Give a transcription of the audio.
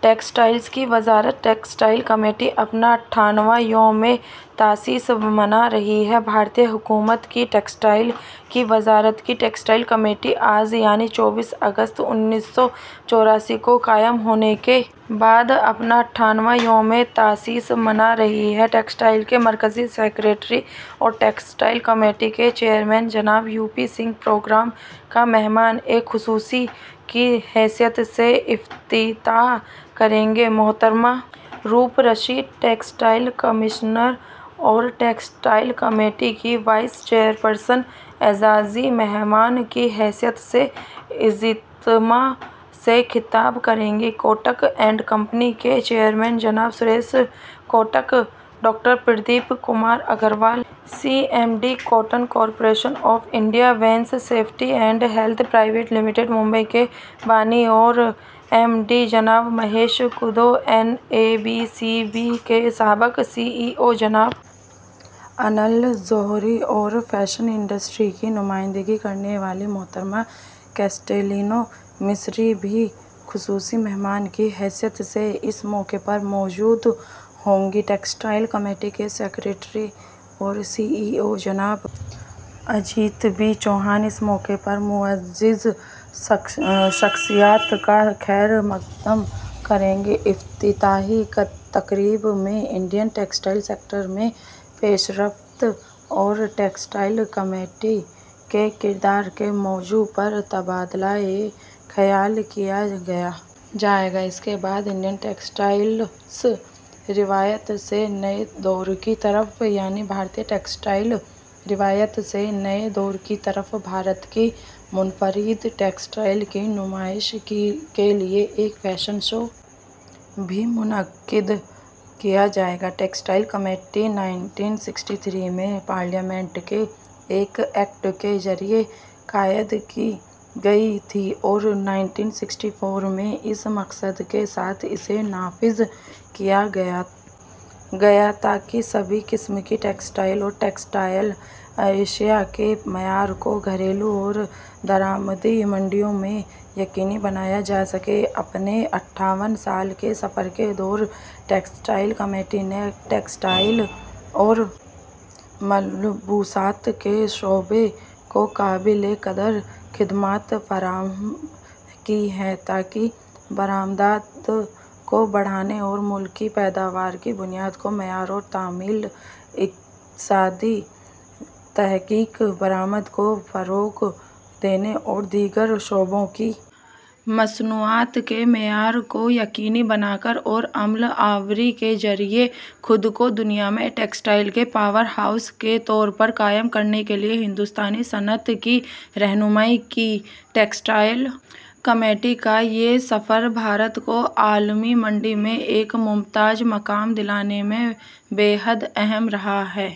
textiles کی وزارت textile committee اپنا اتھاون واں یوم تاسیس منا رہی ہے بھارتی حکومت کی ٹیکسٹائل کی وزارت کی ٹیکسٹائل کمیٹی آج یعنی چوبیس اگست انیس سو چوٹھ کو قائم ہونے کے بعد اپنا اتھاون واں یوم تاسیس منا رہی ہے ٹیکسٹائل کے مرکزی سکریٹری اور ٹیکسٹائل کمیٹی کے چیئرمین جناب یو پی سنگھ پروگرام کا مہمان خصوصی کی حیثیت سے افتتاح کریں گے محترمہ روپ رشی ٹیکسٹائل کمشنر اور ٹیکسٹائل کمیٹی کی وائس چیئر پرسن اعزازی مہمان کی حیثیت سے اجتماع سے خطاب کریں گی کوٹک اینڈ کمپنی کے چیئرمین جناب Suresh Kotak doctor Pradeep Kumar Agarwal C M D cotton corporation of India Venus safety and health private limited Mumbai کے بانی اور ایم ڈی جناب مہیش کودو N A B C B کے سابق سی ای او جناب انل جوہری اور فیشن صنعت کی نمائندگی کرنے والی محترمہ کیسٹلینو مستری بھی خصوصی مہمان کی حیثیت سے اس موقع پر موجود ہوں گی ٹیکسٹائل کمیٹی کے سکریٹری اور سی ای او جناب اجیت بی چوہان اس موقع پر معزز شخصیات کا خیر مقدم کریں گے افتتاحی تقریب میں انڈین ٹیکسٹائل سیکٹر میں پیش رفت اور ٹیکسٹائل کمیٹی کے کردار کے موضوع پر تبادلہ خیال کیا جائے گا اس کے بعد انڈین ٹیکسٹائلز روایت سے نئے دور کی طرف یعنی بھارتی ٹیکسٹائل روایات سے نئے دور کی طرف بھارت کی منفرد ٹیکسٹائل کی نمائش کے لیے ایک فیشن شو بھی منعقد کیا جائے گا ٹیکسٹائل کمیٹی انیس سو تریسٹھ میں پارلیمنٹ کے ایک ایکٹ کے ذریعہ قائم کی گئی تھی اور انیس سو چوٹھ میں اس مقصد کے ساتھ اسے نافذ کیا گیا تاکہ سبھی قسم کی ٹیکسٹائل اور ٹیکسٹائل اشیا کے معیار کو گھریلو اور درآمدی منڈیوں میں یقینی بنایا جا سکے اپنے اتھاون سال کے سفر کے دوران ٹیکسٹائل کمیٹی نے ٹیکسٹائل اور ملبوسات کے شعبے کو قابل قدر خدمات فراہم کی ہیں تاکہ برآمدات کو بڑھانے اور ملکی پیداوار کی بنیاد کو معیار اور تعمیل اقتصادی تحقیق برآمدات کو فروغ دینے اور دیگر شعبوں کی مصنوعات کے معیار کو یقینی بنا کر اور عمل آوری کے ذریعے خود کو دنیا میں ٹیکسٹائل کے پاور ہاؤس کے طور پر قائم کرنے کے لیے بھارتی صنعت کی رہنمائی کی ٹیکسٹائل کمیٹی کا یہ سفر بھارت کو عالمی منڈی میں ایک ممتاز مقام دلانے میں بے حد اہم رہا ہے